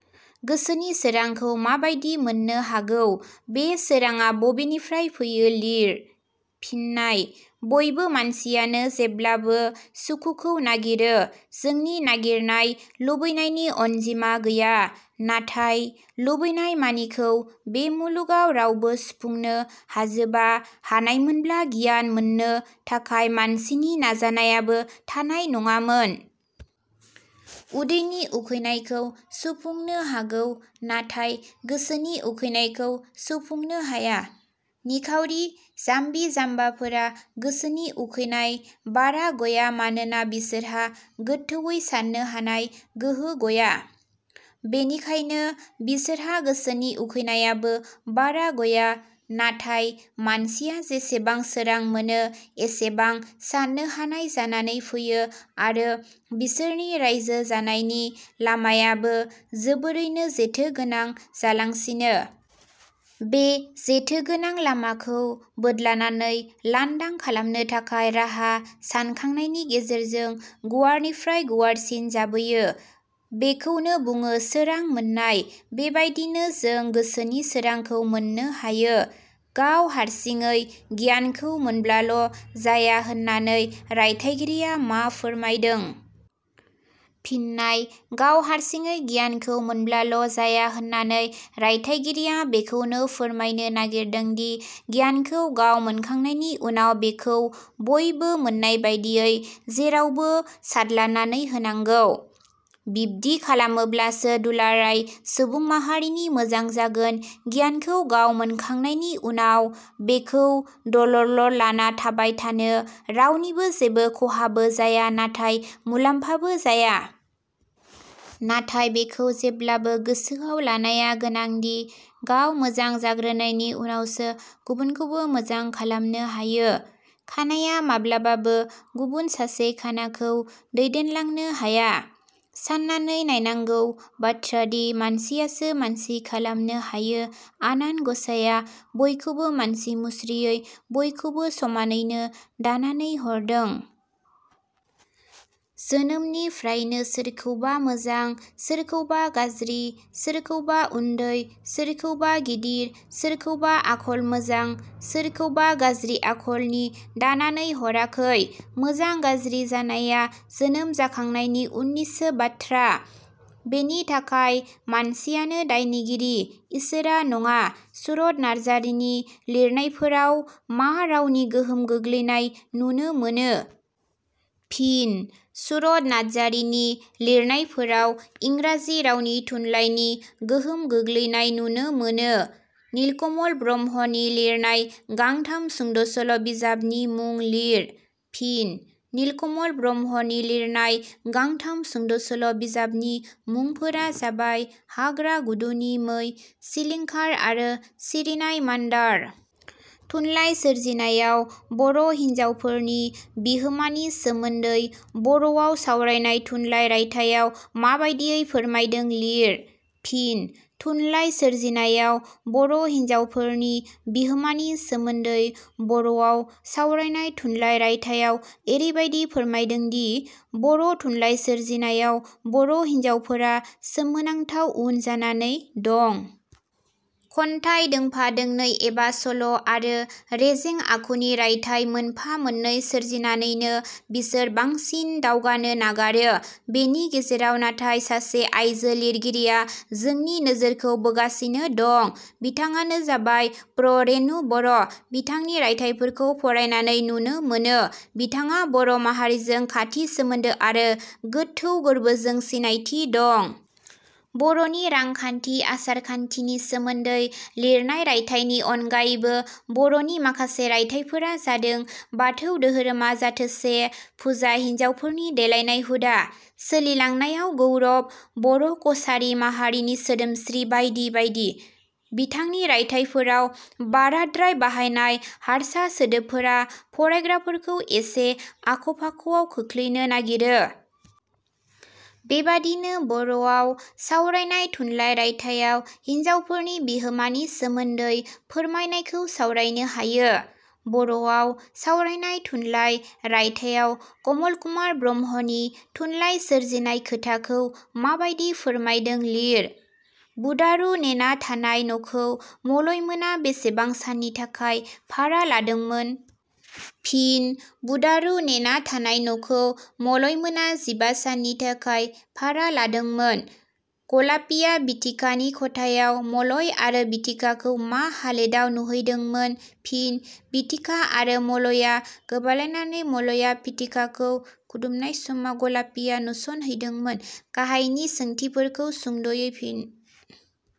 गोसोनि सोरांखौ माबादि मोननो हागौ? बे सोराङा बबेनिफ्राय फैयो लिर। फिननाय: बयबो मानसियानो जेब्लाबो सुखुखौ नागिरो। जोंनि नागिरनाय लुबैनायनि अनजिमा गैया। नाथाय लुबैनाय मानिखौ बे मुलुगाव रावबो सुफुंनो हाजोबा। हानायमोनब्ला गियान मोननो थाखाय मानसिनि नाजानायाबो थानाय नङामोन। उदैनि उखैनायखौ सुफुंनो हागौ, नाथाय् गोसोनि उखैनायखौ सुफुंनो हाया। निखावरि जाम्बि- जाम्बाफोरा गोसोनि उखैनाय बारा गया मानोना बिसोरहा गोथौवै साननो हानाय गोहो गया। बेनिखायनो बिसोरहा गोसोनि उखैनायाबो बारा गया। नाथाय मानसिया जेसेबा सोरां मोनो एसेबां साननो हानाय जानानै फैयो आरो बिसोरनि राइजो जानायनि लामायाबो जोबोरैनो जेथो गोनां जालांसिनो। बे जेथो गोनां लामाखौ बोदलानानै लांदां खालामनो थाखाय राहा सानखांनायनि गेजेरजों गुवारनिफ्राय गुवारसिन जाबोयो। बेखौनो बुङो सोरां मोननाय। बेबादिनो जों गोसोनि सोरांखौ मोननो हायो। गाव हारसिङै गियानखौ मोनब्लाल' जाया होननानै रायथाइगिरिया मा फोरमायदों? फिननाय: गाव हारसिङै गियानखौ मोनब्लाल' जाया होननानै रायथाइ गिरिया बेखौनो फोरमायनो नागिरदोंदि गियानखौ गाव मोनखांनायनि उनाव बेखौ बयबो मोननायबादियै जेरावबो सारदलानानै होनांगौ। बिब्दि खालामोब्लासो दुलाराय सुबुं माहारिनि मोजां जागोन। गिनायखौ गाव मोनखांनायनि उनाव बेखौ दलरलर लाना थाबायथानो रावनिबो जेबो खहाबो जाया नाथाय मुलाम्फाबो जाया। नाथाय बेखौ जेब्लाबो गोसोआव लानाय गोनांदि, गाव मोजां जाग्रोनायनि उनावसो गुबुनखौबो मोजां खालामनो हायो। खानाया माब्लाबाबो गुबुन सासे खानाखौ दैदेनलांनो हाया। साननानै नायनांगौ बाथ्रादि मानसियासो मानसि खालामनो हायो, आनान गसाइया बयखौबो मानसि मुस्रियै बयखौबो समानैनो दानानै हरदों। जोनोमनिफ्रायनो सोरखौबा मोजां, सोरखौबा गाज्रि, सोरखौबा उन्दै, सोरखौबा गिदिर, सोरखौबा आखल मोजां, सोरखौबा गाज्रि आखलनि दानानै हराखै। मोजां गाज्रि जानाया जोनोम जाखांनायनि उननिसो बाथ्रा। बेनि थाखाय मानसियानो दायनिगिरि, इसोरा नङा। सुरथ नारजारिनि लिरनायफोराव मा रावनि गोहोम गोग्लैनाय नुनो मोनो? फिन: सुरथ नारजारिनि लिरनायफोराव इंराजि रावनि थुनलाइनि गोहोम गोग्लैनाय नुनो मोनो। नीलकमल ब्रह्मनि लिरनाय गांथाम सुंद' सल' बिजाबनि मुं लिर। फिन: नीलकमल ब्रह्मनि लिरनाय गांथाम सुंद' सल' बिजाबनि मुंफोरा जाबाय – 'हाम्रा गुदुनि मै', 'सिलिंखार' आरो 'सिरिनाय मान्दार'। थुनलाइ सोरजिनायाव बर' हिन्जावफोरनि बिहोमानि सोमोन्दै 'बर 'वाव सावरायनाय थुनलाइ रायथाइयाव माबादियै फोरमायदों लिर। फिन: थुनलाइ सोरजिनायाव बर' हिनजावफोरनि बिहोमानि सोमोन्दै 'बर'वाव सावरायनाय थुनलाइ' रायथाइयाव एरैबादि फोरमायदोंदि बर' थुनलाइ सोरजिनायाव बर' हिनजावफोरा सोमोनांथाव उन जानानै दं। खन्थाइ दोंफा दोंनै एबा सल' आरो रेजें आखुनि रायथाइ मोनफा-मोननै सोरजिनानैनो बिसोर बांसिन दावगानो नागारो। बेनि गेजेराव नाथाय सासे आयजो लिरगिरिया जोंनि नोजोरखौ बोगासिनो दं। बिथाङानो जाबाय- प्र. रेणु बर'। बिथांनि रायथाइफोरखौ फरायनानै नुनो मोनो- बिथाङा बर' माहारिजों खाथि सोमोन्दो आरो गोथौ गोरबोजों सिनायथि दं। बर 'नि रांखान्थि आसारखान्थिनि सोमोन्दै लिरनाय रायथाइनि अनगायैबो बर 'नि माखासे रायथाइफोरा जादों- बाथौ धोरोमा जाथोसे फुजा हिन्जावफोरनि देलायनाय हुदा, सोलिलांनायाव गौरब बर' कसारी माहारिनि सोदोमस्रि बायदि बायदि। बिथांनि रायथाइफोराव बाराद्राय बाहायनाय हारसा सोदोबफोरा फरायग्राफोरखौ एसे आख'-फाख'आव खोख्लैनो नागिरो। बेबादिनो 'बर 'वाव सावरायनाय थुनलाइ' रायथाइयाव हिनजावफोरनि बिहोमानि सोमोन्दै फोरमायनायखौ सावरायनो हायो। 'बर 'वाव सावरायनाय थुनलाइ' रायथाइयाव कमल कुमार ब्रह्मनि थुनलाइ सोरजिनाय खोथाखौ माबादि फोरमायदों लिर। बुदारु नेना थानाय नखौ मलयमोना बेसेबां साननि थाखाय भारा लादोंमोन? फिनः बुदारु नेना थानाय नखौ मलयमोना जिबा साननि थाखाय भारा लादोंमोन। गलापीया बिथिकानि खथायाव मलय आरो बिथिकाखौ मा हालोदाव नुहैदोंमोन? फिनः बिथिका आरो मलया गोबालायनानै मलया बिथिकाखौ खुदुमनाय समाव गलापिया नुसनहैदोंमोन। गाहायनि सोंथिफोरखौ सुंद 'यै फिन।